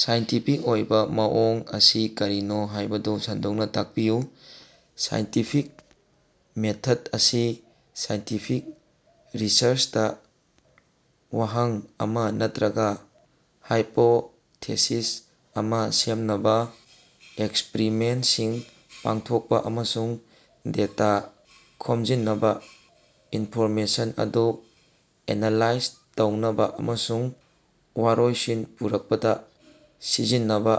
Scientific ꯑꯣꯏꯕꯥ ꯃꯑꯣꯡ ꯑꯁꯤ ꯀꯔꯤꯅꯣ ꯍꯥꯏꯕꯗꯨ ꯁꯟꯗꯣꯛꯅꯥ ꯇꯥꯛꯄꯤꯌꯨ꯫ ꯁꯥꯏꯟꯇꯤꯐꯤꯛ ꯃꯦꯊꯗ ꯑꯁꯤ ꯁꯥꯏꯟꯇꯤꯐꯤꯛ ꯔꯤꯁꯔꯆꯇꯥ ꯋꯥꯍꯪ ꯑꯃꯥ ꯅꯠꯇ꯭ꯔꯒꯥ ꯍꯥꯏꯄꯣꯊꯦꯁꯤꯁ ꯑꯃꯥ ꯁꯦꯝꯅꯕꯥ ꯑꯦꯛꯁꯄꯔꯤꯃꯦꯟꯠꯁꯤꯡ ꯄꯥꯡꯊꯣꯛꯄꯥ ꯑꯃꯁꯨꯡ ꯗꯦꯇꯥ ꯈꯣꯝꯖꯤꯟꯅꯕꯥ ꯏꯟꯐꯣꯔꯃꯦꯁꯟ ꯑꯗꯨ ꯑꯦꯅꯥꯂꯥꯏꯖ ꯇꯧꯅꯕꯥ ꯑꯃꯁꯨꯡ ꯋꯥꯔꯣꯏꯁꯤꯟ ꯄꯨꯔꯛꯄꯗꯥ ꯁꯤꯖꯤꯟꯅꯕꯥ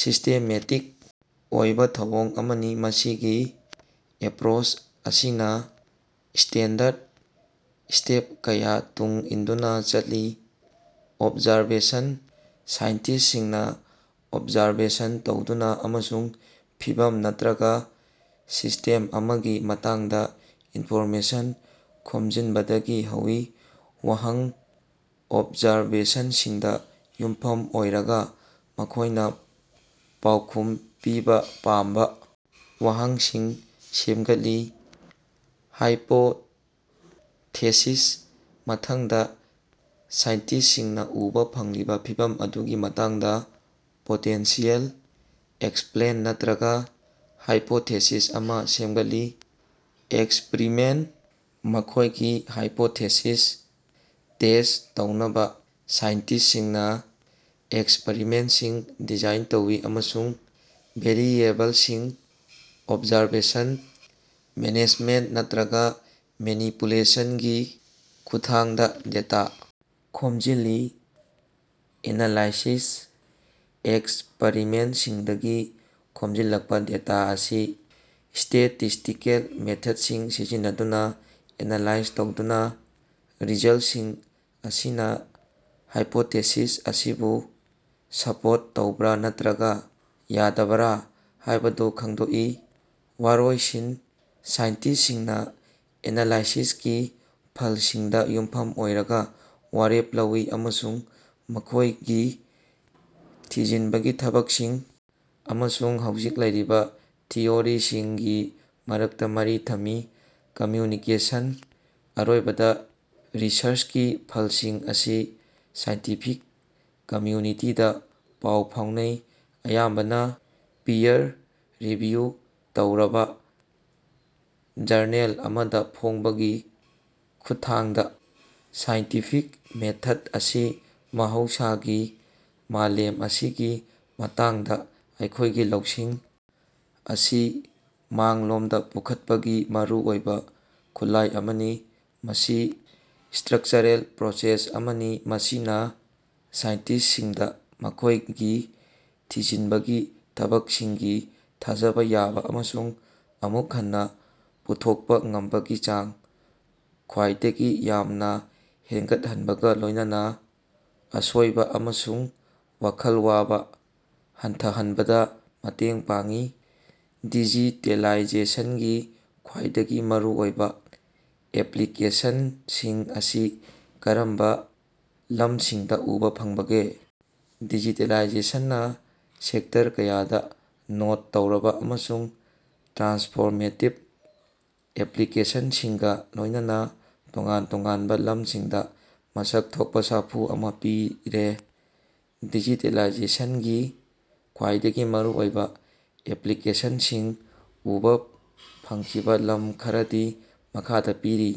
ꯁꯤꯁ꯭ꯇꯦꯃꯦꯇꯤꯛ ꯑꯣꯏꯕꯥ ꯊꯧꯑꯣꯡ ꯑꯃꯅꯤ꯫ ꯃꯁꯤꯒꯤ ꯑꯦꯄ꯭ꯔꯣꯆ ꯑꯁꯤꯅꯥ ꯁ꯭ꯇꯦꯟꯗꯔꯗ ꯁ꯭ꯇꯦꯞ ꯀꯌꯥ ꯇꯨꯡ ꯏꯟꯗꯨꯅꯥ ꯆꯠꯂꯤ ꯑꯣꯕꯖꯥꯔꯕꯦꯁꯟ ꯁꯥꯏꯟꯇꯤꯁ꯭ꯠꯁꯤꯡꯅꯥ ꯑꯣꯕꯖꯥꯔꯕꯦꯁꯟ ꯇꯧꯗꯨꯅꯥ ꯑꯃꯁꯨꯡ ꯐꯤꯚꯝ ꯅꯠꯇ꯭ꯔꯒꯥ ꯁꯤꯁ꯭ꯇꯦꯝ ꯑꯃꯒꯤ ꯃꯇꯥꯡꯗꯥ ꯏꯟꯐꯣꯔꯃꯦꯁꯟ ꯈꯣꯝꯖꯤꯟꯕꯗꯒꯤ ꯍꯧꯏ꯫ ꯋꯥꯍꯪ ꯑꯣꯕꯖꯥꯔꯕꯦꯁꯟꯁꯤꯡꯗꯥ ꯌꯨꯝꯐꯝ ꯑꯣꯏꯔꯒꯥ ꯃꯈꯣꯏꯅꯥ ꯄꯥꯎꯈꯨꯝ ꯄꯤꯕꯥ ꯄꯥꯝꯕꯥ ꯋꯥꯍꯪꯁꯤꯡ ꯁꯦꯝꯒꯠꯂꯤ꯫ ꯍꯥꯏꯄꯣꯊꯦꯁꯤꯁ ꯃꯊꯪꯗꯥ ꯁꯥꯏꯟꯇꯤꯁ꯭ꯠꯁꯤꯡꯅꯥ ꯎꯕꯥ ꯐꯪꯂꯤꯕꯥ ꯐꯤꯚꯝ ꯑꯗꯨꯒꯤ ꯃꯇꯥꯡꯗꯥ ꯄꯣꯇꯦꯟꯁꯤꯌꯦꯜ ꯑꯦꯛꯁꯄ꯭ꯂꯦꯟ ꯅꯠꯇ꯭ꯔꯒꯥ ꯍꯥꯏꯄꯣꯊꯦꯁꯤꯁ ꯑꯃꯥ ꯁꯦꯝꯒꯠꯂꯤ꯫ ꯑꯦꯛꯁꯄꯔꯤꯃꯦꯟꯠ ꯃꯈꯣꯏꯒꯤ ꯍꯥꯏꯄꯣꯊꯦꯁꯤꯁ ꯇꯦꯁ꯭ꯠ ꯇꯧꯅꯕꯥ ꯁꯥꯏꯟꯇꯤꯁ꯭ꯠꯁꯤꯡꯅꯥ ꯑꯦꯛꯁꯄꯔꯤꯃꯦꯟꯠꯁꯤꯡ ꯗꯤꯖꯥꯏꯟ ꯇꯧꯏ ꯑꯃꯁꯨꯡ ꯚꯦꯔꯤꯑꯦꯕꯜꯁꯤꯡ ꯑꯣꯕꯖꯥꯔꯕꯦꯁꯟ ꯃꯦꯅꯦꯁꯃꯦꯟꯇ ꯅꯠꯇ꯭ꯔꯒꯥ ꯃꯦꯅꯤꯄꯨꯂꯦꯁꯟꯒꯤ ꯈꯨꯠꯊꯥꯡꯗꯥ ꯗꯦꯇꯥ ꯈꯣꯝꯖꯤꯜꯂꯤ꯫ ꯑꯦꯅꯥꯂꯥꯏꯁꯤꯁ ꯑꯦꯛꯁꯄꯔꯤꯃꯦꯟꯠꯁꯤꯡꯗꯒꯤ ꯈꯣꯝꯖꯤꯜꯂꯛꯄꯥ ꯗꯦꯇꯥ ꯑꯁꯤ ꯁ꯭ꯇꯦꯇꯤꯁ꯭ꯇꯤꯀꯦꯜ ꯃꯦꯊꯗꯁꯤꯡ ꯁꯤꯖꯤꯟꯅꯗꯨꯅꯥ ꯑꯦꯅꯥꯂꯥꯏꯖ ꯇꯧꯗꯨꯅꯥ ꯔꯤꯖꯜꯠꯁꯤꯡ ꯑꯁꯤꯅꯥ ꯍꯥꯏꯄꯣꯊꯦꯁꯤꯁ ꯑꯁꯤꯕꯨ ꯁꯄꯣꯔꯠ ꯇꯧꯕꯔꯥ ꯅꯠꯇ꯭ꯔꯒꯥ ꯌꯥꯗꯕꯔꯥ ꯍꯥꯏꯕꯗꯨ ꯈꯪꯗꯣꯛꯏ꯫ ꯋꯥꯔꯣꯏꯁꯤꯟ ꯁꯥꯏꯟꯇꯤꯁ꯭ꯠꯁꯤꯡꯅꯥ ꯑꯦꯅꯥꯂꯥꯏꯁꯤꯁꯀꯤ ꯐꯜꯁꯤꯡꯗꯥ ꯌꯨꯝꯐꯝ ꯑꯣꯏꯔꯒꯥ ꯋꯥꯔꯦꯞ ꯂꯧꯏ ꯑꯃꯁꯨꯡ ꯃꯈꯣꯏꯒꯤ ꯊꯤꯖꯤꯅꯕꯒꯤ ꯊꯕꯛꯁꯤꯡ ꯑꯃꯁꯨꯡ ꯍꯧꯖꯤꯛ ꯂꯩꯔꯤꯕꯥ ꯊꯤꯑꯣꯔꯤꯁꯤꯡꯒꯤ ꯃꯔꯛꯇꯥ ꯃꯔꯤ ꯊꯝꯃꯤ꯫ ꯀꯝꯃ꯭ꯌꯨꯅꯤꯀꯦꯁꯟ ꯑꯔꯣꯏꯕꯗꯥ ꯔꯤꯁꯔꯆꯀꯤ ꯐꯜꯁꯤꯡ ꯑꯁꯤ ꯁꯥꯏꯟꯇꯤꯐꯤꯛ ꯀꯝꯃ꯭ꯌꯨꯅꯤꯇꯤꯗꯥ ꯄꯥꯎ ꯐꯥꯎꯅꯩ ꯑꯌꯥꯝꯕꯅꯥ ꯄꯤꯌꯔ ꯔꯤꯚꯤꯌꯨ ꯇꯧꯔꯕꯥ ꯖꯔꯅꯦꯜ ꯑꯃꯗꯥ ꯐꯣꯡꯕꯒꯤ ꯈꯨꯠꯊꯥꯡꯗꯥ꯫ ꯁꯥꯏꯟꯇꯤꯐꯤꯛ ꯃꯦꯊꯗ ꯑꯁꯤ ꯃꯍꯧꯁꯥꯒꯤ ꯃꯥꯂꯦꯝ ꯑꯁꯤꯒꯤ ꯃꯇꯥꯡꯗꯥ ꯑꯩꯈꯣꯏꯒꯤ ꯂꯧꯁꯤꯡ ꯑꯁꯤ ꯃꯥꯡꯂꯣꯝꯗꯥ ꯄꯨꯈꯠꯄꯒꯤ ꯃꯔꯨꯑꯣꯏꯕꯥ ꯈꯨꯠꯂꯥꯏ ꯑꯃꯅꯤ꯫ ꯃꯁꯤ ꯁ꯭ꯇꯔꯛꯆꯔꯦꯜ ꯄ꯭ꯔꯣꯁꯦꯁ ꯑꯃꯅꯤ ꯃꯁꯤꯅꯥ ꯁꯥꯏꯟꯇꯤꯁ꯭ꯠꯁꯤꯡꯗꯥ ꯃꯈꯣꯏꯒꯤ ꯊꯤꯖꯤꯟꯕꯒꯤ ꯊꯕꯛꯁꯤꯡꯒꯤ ꯊꯥꯖꯕꯥ ꯌꯥꯕꯥ ꯑꯃꯁꯨꯡ ꯑꯃꯨꯛ ꯍꯟꯅꯥ ꯄꯨꯊꯣꯛꯄꯥ ꯉꯝꯕꯒꯤ ꯆꯥꯡ ꯈ꯭ꯋꯥꯏꯗꯒꯤ ꯌꯥꯝꯅꯥ ꯍꯦꯟꯒꯠꯍꯟꯕꯒꯥ ꯂꯣꯏꯅꯅꯥ ꯑꯁꯣꯏꯕꯥ ꯑꯃꯁꯨꯡ ꯋꯥꯈꯜ ꯋꯥꯕꯥ ꯍꯟꯊꯍꯟꯕꯗꯥ ꯃꯇꯦꯡ ꯄꯥꯡꯏ꯫ ꯗꯤꯖꯤꯇꯦꯂꯥꯏꯖꯦꯁꯟꯒꯤ ꯈ꯭ꯋꯥꯏꯗꯒꯤ ꯃꯔꯨꯑꯣꯏꯕꯥ ꯑꯦꯄ꯭ꯂꯤꯀꯦꯁꯟꯁꯤꯡ ꯑꯁꯤ ꯀꯔꯝꯕꯥ ꯂꯝꯁꯤꯡꯗꯥ ꯎꯕꯥ ꯐꯪꯕꯒꯦ? ꯗꯤꯖꯤꯇꯦꯂꯥꯏꯖꯦꯁꯟꯅꯥ ꯁꯦꯛꯇꯔ ꯀꯌꯥꯗꯥ ꯅꯣꯠ ꯇꯧꯔꯕꯥ ꯑꯃꯁꯨꯡ ꯇ꯭ꯔꯥꯟꯁꯐꯣꯔꯃꯦꯇꯤꯕ ꯑꯦꯄ꯭ꯂꯤꯀꯦꯁꯟꯁꯤꯡꯒꯥ ꯂꯣꯏꯅꯅꯥ ꯇꯣꯉꯥꯟ ꯇꯣꯉꯥꯟꯕꯥ ꯂꯝꯁꯤꯡꯗꯥ ꯃꯁꯛ ꯊꯣꯛꯄꯥ ꯁꯥꯐꯨ ꯑꯃꯥ ꯄꯤꯔꯦ꯫ ꯗꯤꯖꯤꯇꯦꯂꯥꯏꯖꯦꯁꯟꯒꯤ ꯈ꯭ꯋꯥꯏꯗꯒꯤ ꯃꯔꯨꯑꯣꯏꯕꯥ ꯑꯦꯄ꯭ꯂꯤꯀꯦꯁꯟꯁꯤꯡ ꯎꯕꯥ ꯐꯪꯈꯤꯕꯥ ꯂꯝ ꯈꯔꯗꯤ ꯃꯈꯥꯗꯥ ꯄꯤꯔꯤ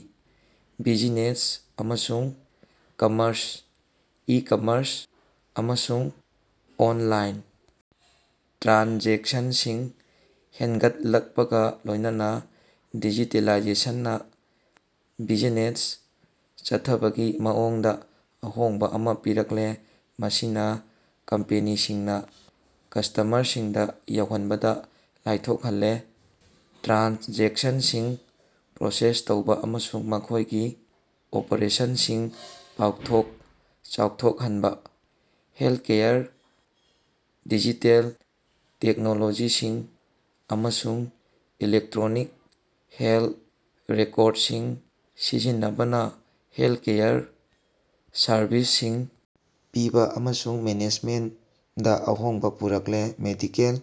ꯕꯤꯖꯤꯅꯦꯁ ꯑꯃꯁꯨꯡ ꯀꯝꯃꯔꯁ ꯏ-ꯀꯝꯃꯔꯁ ꯑꯃꯁꯨꯡ ꯑꯣꯟꯂꯥꯏꯟ ꯇ꯭ꯔꯥꯟꯖꯦꯛꯁꯟꯁꯤꯡ ꯍꯦꯟꯒꯠꯂꯛꯄꯒꯥ ꯂꯣꯏꯅꯅꯥ ꯗꯤꯖꯤꯇꯦꯂꯥꯏꯖꯦꯁꯟꯅꯥ ꯕꯤꯖꯤꯅꯦꯁ ꯆꯠꯊꯕꯒꯤ ꯃꯑꯣꯡꯗꯥ ꯑꯍꯣꯡꯕꯥ ꯑꯃꯥ ꯄꯤꯔꯛꯂꯦ ꯃꯁꯤꯅꯥ ꯀꯝꯄꯦꯅꯤꯁꯤꯡꯅꯥ ꯀꯁꯇꯃꯔꯁꯤꯡꯗꯥ ꯌꯧꯍꯟꯕꯗꯥ ꯂꯥꯏꯊꯣꯛꯍꯜꯂꯦ ꯇ꯭ꯔꯥꯟꯖꯦꯛꯁꯟꯁꯤꯡ ꯄ꯭ꯔꯣꯁꯦꯁ ꯇꯧꯕꯥ ꯑꯃꯁꯨꯡ ꯃꯈꯣꯏꯒꯤ ꯑꯣꯄꯔꯦꯁꯟꯁꯤꯡ ꯄꯥꯎꯊꯣꯛ ꯆꯥꯎꯊꯣꯛꯍꯟꯕꯥ꯫ ꯍꯦꯜꯊꯀꯦꯌꯔ ꯗꯤꯖꯤꯇꯦꯜ ꯇꯦꯛꯅꯣꯂꯣꯖꯤꯁꯤꯡ ꯑꯃꯁꯨꯡ ꯏꯂꯦꯛꯇ꯭ꯔꯣꯅꯤꯛ ꯍꯦꯜꯊ ꯔꯦꯀꯣꯔꯗꯁꯤꯡ ꯁꯤꯖꯤꯟꯅꯕꯅꯥ ꯍꯦꯜꯊꯀꯦꯌꯔ ꯁꯔꯕꯤꯁꯁꯤꯡ ꯄꯤꯕꯥ ꯑꯃꯁꯨꯡ ꯃꯦꯅꯦꯖꯃꯦꯟꯠꯗꯥ ꯑꯍꯣꯡꯕꯥ ꯄꯨꯔꯛꯂꯦ꯫ ꯃꯦꯗꯤꯀꯦꯜ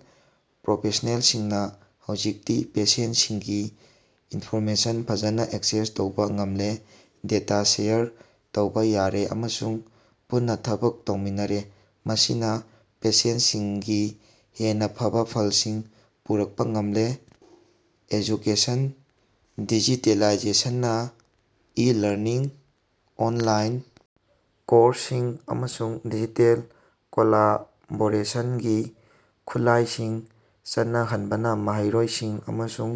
ꯄ꯭ꯔꯣꯐꯦꯁ꯭ꯅꯦꯜꯁꯤꯡꯅꯥ ꯍꯧꯖꯤꯛꯇꯤ ꯄꯦꯁꯦꯟꯠꯁꯤꯡꯒꯤ ꯏꯟꯐꯣꯔꯃꯦꯁꯟ ꯐꯖꯅꯥ ꯑꯦꯛꯁꯦꯁ ꯇꯧꯕꯥ ꯉꯝꯂꯦ ꯗꯦꯇꯥ ꯁꯦꯌꯔ ꯇꯧꯕꯥ ꯌꯥꯔꯦ ꯑꯃꯁꯨꯡ ꯄꯨꯟꯅꯥ ꯊꯕꯛ ꯇꯧꯃꯤꯟꯅꯔꯦ ꯃꯁꯤꯅꯥ ꯄꯦꯁꯦꯟꯠꯁꯤꯡꯒꯤ ꯍꯦꯟꯅꯥ ꯐꯕꯥ ꯐꯜꯁꯤꯡ ꯄꯨꯔꯛꯄꯥ ꯉꯝꯂꯦ꯫ ꯑꯦꯖꯨꯀꯦꯁꯟ ꯗꯤꯖꯤꯇꯦꯂꯥꯏꯖꯦꯁꯟꯅꯥ ꯏ-ꯂꯔꯅꯤꯡ ꯑꯣꯟꯂꯥꯏꯟ ꯀꯣꯔꯁꯁꯤꯡ ꯑꯃꯁꯨꯡ ꯗꯤꯖꯤꯇꯦꯜ ꯀꯣꯂꯥꯕꯣꯔꯦꯁꯟꯒꯤ ꯈꯨꯠꯂꯥꯏꯁꯤꯡ ꯆꯠꯅꯍꯟꯕꯅꯥ ꯃꯍꯩꯔꯣꯏꯁꯤꯡ ꯑꯃꯁꯨꯡ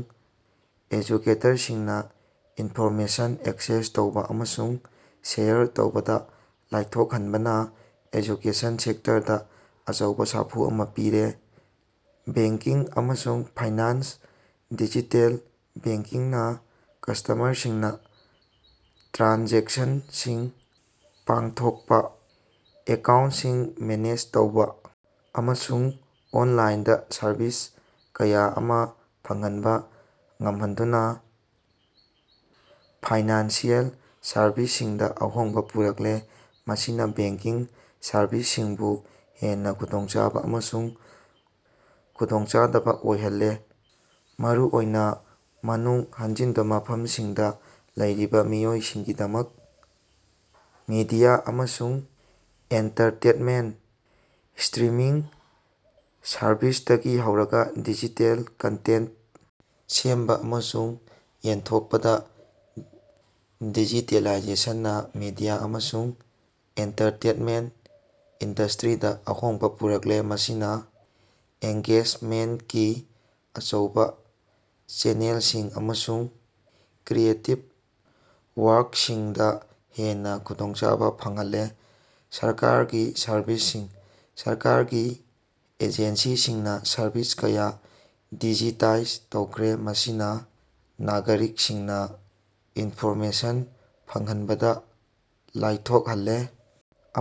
ꯑꯦꯖꯨꯀꯦꯇꯔꯁꯤꯡꯅꯥ ꯏꯟꯐꯣꯔꯃꯦꯁꯟ ꯑꯦꯛꯁꯦꯁ ꯇꯧꯕꯥ ꯑꯃꯁꯨꯡ ꯁꯦꯌꯔ ꯇꯧꯕꯗꯥ ꯂꯥꯏꯊꯣꯛꯍꯟꯕꯅꯥ ꯑꯦꯖꯨꯀꯦꯁꯟ ꯁꯦꯛꯇꯔꯗꯥ ꯑꯆꯧꯕꯥ ꯁꯥꯐꯨ ꯑꯃꯥ ꯄꯤꯔꯦ꯫ ꯕꯦꯡꯀꯤꯡ ꯑꯃꯁꯨꯡ ꯐꯥꯏꯅꯥꯟꯁ ꯗꯤꯖꯤꯇꯦꯜ ꯕꯦꯡꯀꯤꯡꯅꯥ ꯀꯁꯇꯃꯔꯁꯤꯡꯅꯥ ꯇ꯭ꯔꯥꯟꯖꯦꯛꯁꯟꯁꯤꯡ ꯄꯥꯡꯊꯣꯛꯄꯥ ꯑꯦꯀꯥꯎꯟꯠꯁꯤꯡ ꯃꯦꯅꯦꯖ ꯇꯧꯕꯥ ꯑꯃꯁꯨꯡ ꯑꯣꯟꯂꯥꯏꯟꯗꯥ ꯁꯔꯚꯤꯁ ꯀꯌꯥ ꯑꯃꯥ ꯐꯪꯍꯟꯕꯥ ꯉꯝꯍꯟꯗꯨꯅꯥ ꯐꯥꯏꯅꯥꯟꯁꯤꯑꯦꯜ ꯁꯔꯕꯤꯁꯁꯤꯡꯗꯥ ꯑꯍꯣꯡꯕꯥ ꯄꯨꯔꯛꯂꯦ꯫ ꯃꯁꯤꯅꯥ ꯕꯦꯡꯀꯤꯡ ꯁꯔꯕꯤꯁꯤꯡꯕꯨ ꯍꯦꯟꯅꯥ ꯈꯨꯗꯣꯡꯆꯥꯕꯥ ꯑꯃꯁꯨꯡ ꯈꯨꯗꯣꯡꯆꯥꯗꯕꯥ ꯑꯣꯏꯍꯜꯂꯦ ꯃꯔꯨꯑꯣꯏꯅꯥ ꯃꯅꯨꯡ ꯍꯟꯖꯤꯟꯕꯥ ꯃꯐꯝꯁꯤꯡꯗꯥ ꯂꯩꯔꯤꯕꯥ ꯃꯤꯑꯣꯏꯁꯤꯡꯒꯤꯗꯃꯛ꯫ ꯃꯤꯗꯤꯌꯥ ꯑꯃꯁꯨꯡ ꯑꯦꯟꯇꯔꯇꯦꯠꯃꯦꯟꯠ: ꯁ꯭ꯇꯔꯤꯃꯤꯡ ꯁꯔꯕꯤꯁꯇꯒꯤ ꯍꯧꯔꯒꯥ ꯗꯤꯖꯤꯇꯦꯜ ꯀꯟꯇꯦꯟꯠ ꯁꯦꯝꯕꯥ ꯑꯃꯁꯨꯡ ꯌꯦꯟꯊꯣꯛꯄꯗꯥ ꯗꯤꯖꯤꯇꯦꯂꯥꯏꯖꯦꯁꯟꯅꯥ ꯃꯤꯗꯤꯌꯥ ꯑꯃꯁꯨꯡ ꯑꯦꯟꯇꯔꯇꯦꯠꯃꯦꯟꯠ ꯏꯟꯗꯁꯇ꯭ꯔꯤꯗꯥ ꯑꯍꯣꯡꯕꯥ ꯄꯨꯔꯛꯂꯦ ꯃꯁꯤꯅꯥ ꯑꯦꯡꯒꯦꯖꯃꯦꯟꯠꯀꯤ ꯑꯆꯧꯕꯥ ꯆꯦꯅꯦꯜꯁꯤꯡ ꯑꯃꯁꯨꯡ ꯀ꯭ꯔꯤꯌꯦꯇꯤꯕ ꯋꯥꯔꯛꯁꯤꯡꯗꯥ ꯍꯦꯟꯅꯥ ꯈꯨꯗꯣꯡꯆꯥꯕꯥ ꯐꯪꯍꯜꯂꯦ꯫ ꯁꯔꯀꯥꯔꯒꯤ ꯁꯔꯚꯤꯁꯁꯤꯡ: ꯁꯔꯀꯥꯔꯒꯤ ꯑꯦꯖꯦꯟꯁꯤꯁꯤꯡꯅꯥ ꯁꯔꯚꯤꯁ ꯀꯌꯥ ꯗꯤꯖꯤꯇꯥꯏꯖ ꯇꯧꯈ꯭ꯔꯦ ꯃꯁꯤꯅꯥ ꯅꯥꯒꯔꯤꯛꯁꯤꯡꯅꯥ ꯏꯟꯐꯣꯔꯃꯦꯁꯟ ꯐꯪꯍꯟꯕꯗꯥ ꯂꯥꯏꯊꯣꯛꯍꯜꯂꯦ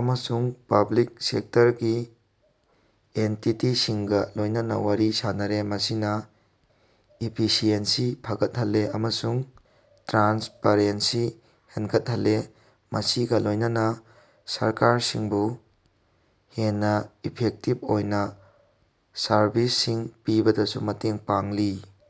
ꯑꯃꯁꯨꯡ ꯄꯕ꯭ꯂꯤꯛ ꯁꯦꯛꯇꯔꯒꯤ ꯑꯦꯟꯇꯤꯇꯤꯁꯤꯡꯒꯥ ꯂꯣꯏꯅꯅꯥ ꯋꯥꯔꯤ ꯁꯥꯅꯔꯦ꯫ ꯃꯁꯤꯅꯥ ꯏꯐꯤꯁꯤꯑꯦꯟꯁꯤ ꯐꯒꯠꯍꯜꯂꯦ ꯑꯃꯁꯨꯡ ꯇ꯭ꯔꯥꯟꯁꯄꯔꯦꯟꯁꯤ ꯍꯦꯟꯒꯠꯍꯜꯂꯦ ꯃꯁꯤꯒꯥ ꯂꯣꯏꯅꯅꯥ ꯁꯔꯀꯥꯔꯁꯤꯡꯕꯨ ꯍꯦꯟꯅꯥ ꯏꯐꯦꯛꯇꯤꯕ ꯑꯣꯏꯅꯥ ꯁꯔꯕꯤꯁꯁꯤꯡ ꯄꯤꯕꯗꯁꯨ ꯃꯇꯦꯡ ꯄꯥꯡꯂꯤ꯫